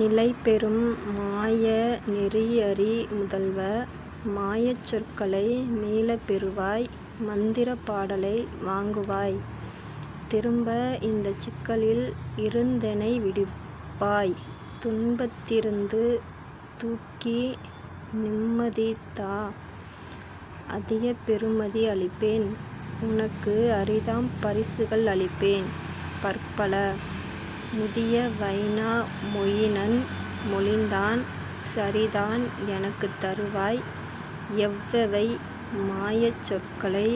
நிலைபெறும் மாய நெறியறி முதல்வ! மாயச் சொற்களை மீளப் பெறுவாய் மந்திரப் பாடலை வாங்குவாய் திரும்ப இந்தச் சிக்கலில் இருந்தெனை விடுப்பாய் துன்பத் திருந்து தூக்கிநிம் மதிதா அதிக பெறுமதி அளிப்பேன் உனக்கு அரிதாம் பரிசுகள் அளிப்பேன் பற்பல. " முதிய வைனா மொயினன் மொழிந்தான்: "சரிதான் எனக்குத் தருவாய் எவ்வெவை மாயச் சொற்களை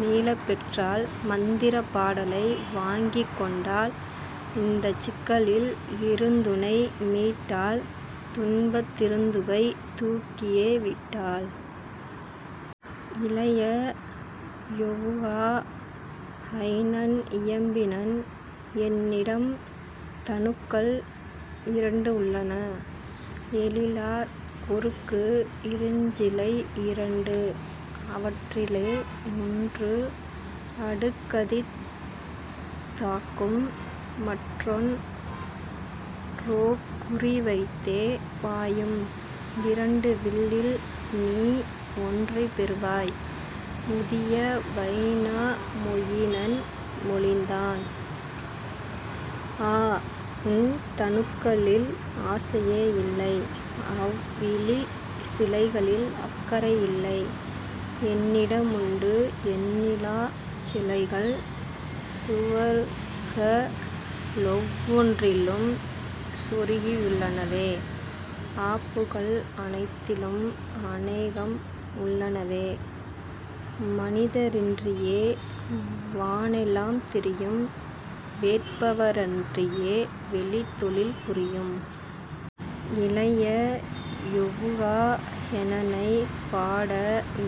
மீளப் பெற்றால் மந்திரப் பாடலை வாங்கிக் கொண்டால் இந்தச் சிக்கலில் இருந்துனை மீட்டால் துன்பத் திருந்துகை தூக்கியே விட்டால்? " இளைய யொவுகா ஹைனன் இயம்பினன்: "என்னிடம் தனுக்கள் இரண்டு உள்ளன எழிலார் குறுக்கு இருஞ்சிலை இரண்டு அவற்றிலே ஒன்று அடுகதித் தாக்கும் மற்றொன் றோகுறி வைத்தே பாயும் இரண்டு வில்லில்நீ ஒன்றைப் பெறுவாய். " முதிய வைனா மொயினன் மொழிந்தான்: "ஆ, உன் தனுக்களில் ஆசையே இல்லை அவ்இழி சிலைகளில் அக்கறை இல்லை என்னிட முண்டு எண்ணிலாச் சிலைகள் சுவர்களொவ் வொன்றிலும் சொருகியுள் ளனவே ஆப்புகள் அனைத்திலும் அனேகம்உள் ளனவே மனித ரின்றியே வானெலாம் திரியும் வேட்பவ ரின்றியே வெளித் தொழில் புரியும். " இளைய யொவுகா ஹெனனைப் பாட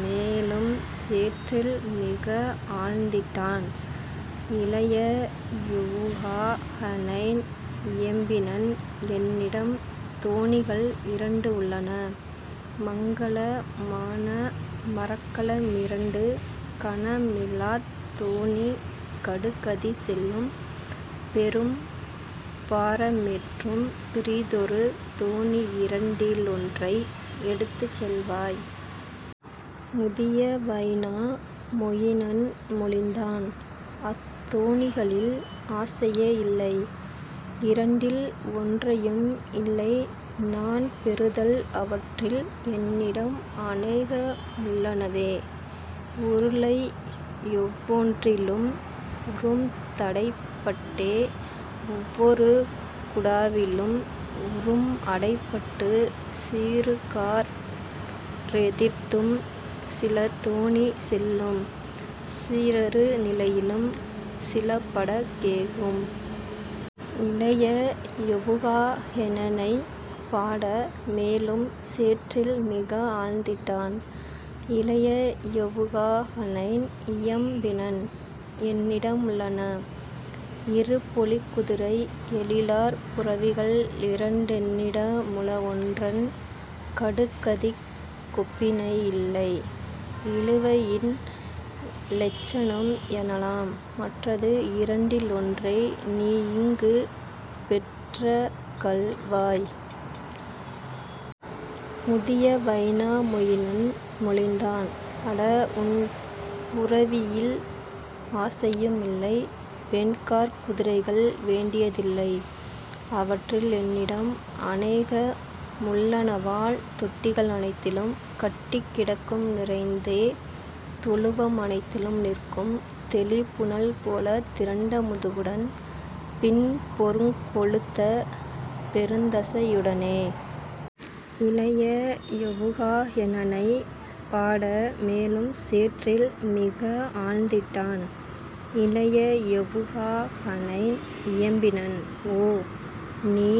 மேலும் சேற்றில் மிகஆழ்ந் திட்டான். இளைய யொவுகா ஹைனன் இயம்பினன்: "என்னிடம் தோணிகள் இரண்டு உள்ளன மங்கல மான மரக்கல மிரண்டு கனமிலாத் தோணி கடுகதி செல்லும் பெரும் பாரமேற்றும் பிறிதொரு தோணி இரண்டி லொன்றை எடுத்துச் செல்வாய். " முதிய வைனா மொயினன் மொழிந்தான்: "அத்தோ ணிகளில் ஆசையே இல்லை இரண்டில் ஒன்றையும் இல்லைநான் பெறுதல் அவற்றில் என்னிடம் அநேகமுள் ளனவே உருளையொவ் வொன்றிலும் உறும்தடைப் பட்டே ஒவ்வொரு குடாவிலும் உறும்அடை பட்டு சீறுகாற் றெதிர்த்தும் சிலதோணி செல்லும் சீரறு நிலையிலும் சிலபட கேகும். " இளைய யொவுகா ஹெனனைப் பாட மேலும் சேற்றில் மிகஆழ்ந் திட்டான். இளைய யொவுகா ஹைனன் இயம்பினன்: "என்னிடம் உள்ளன இருபொலிக் குதிரை எழிலார் புரவிகள் இரண்டென் னிடமுள ஒன்றன் கடுகதிக் கொப்பிணை யில்லை இழுவையின் இலட்சணம் எனலாம் மற்றது இரண்டி லொன்றைநீ யீங்குபெற் றகல்வாய். " முதிய வைனா மொயினன் மொழிந்தான்: "அட, உன் புரவியில் ஆசையு மில்லை வெண்காற் குதிரைகள் வேண்டிய தில்லை அவற்றில் என்னிடம் அனேகமுள் ளனவால் தொட்டிகள் அனைத்திலும் கட்டிக் கிடக்கும் நிறைந்தே தொழுவம் அனைத்திலும் நிற்கும் தெளிபுனல் போலத் திரண்ட முதுகுடன் பின்புறங் கொழுத்த பெருந்தசை யுடனே. " இளைய யொவுகா ஹெனனைப் பாட மேலும் சேற்றில் மிகஆழ்ந் திட்டான். இளைய யொவுகா ஹைனன் இயம்பினன்: "ஓ, நீ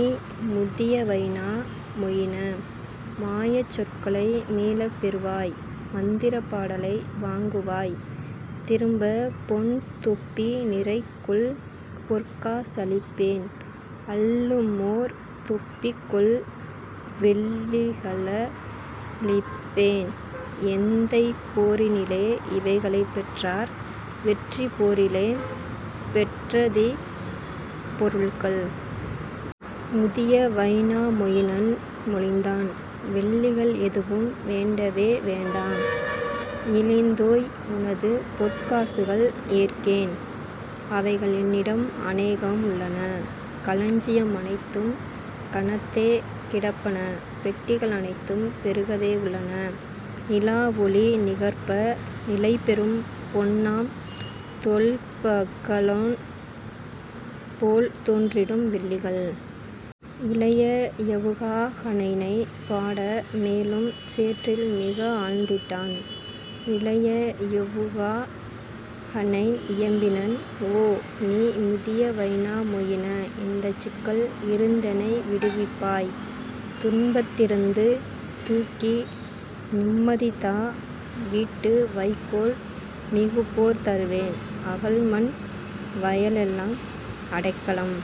முதிய வைனா மொயின! மாயச் சொற்களை மீளப் பெறுவாய் மந்திரப் பாடலை வாங்குவாய் திரும்ப பொன்தொப்பி நிறைகொள் பொற்கா சளிப்பேன் அள்ளுமோர் தொப்பிகொள் வெள்ளிக ளளிப்பேன் எந்தைபோ ரினிலே இவைகளைப் பெற்றார் வெற்றிப் போரிலே பெற்றதிப் பொருள்கள். " முதிய வைனா மொயினன் மொழிந்தான்: "வெள்ளிகள் எதுவும் வேண்டவே வேண்டாம் இழிந்தோய், உனதுபொற் காசுகள் ஏற்கேன் அவைகள் என்னிடம் அனேகம் உள்ளன களஞ்சியம் அனைத்தும் கனத்தே கிடப்பன பெட்டிகள் அனைத்தும் பெருகவே உள்ளன நிலாவொளி நிகர்ப்ப நிலைபெறும் பொன்னாம் தொல்பக லோன்போல் தோன்றிடும் வெள்ளிகள். " இளைய யொவுகா ஹைனனைப் பாட மேலும் சேற்றில் மிகஆழ்ந் திட்டான். இளைய யொவுகா ஹைனன் இயம்பினன்: "ஓ, நீ முதிய வைனா மொயின! இந்தச் சிக்கல் இருந்தெனை விடுவிப்பாய் துன்பத் திருந்து தூக்கிநிம் மதிதா வீட்டு வைக்கோல் மிகுபோர் தருவேன் அகல்மண் வயலெலாம் அடைக்கலம்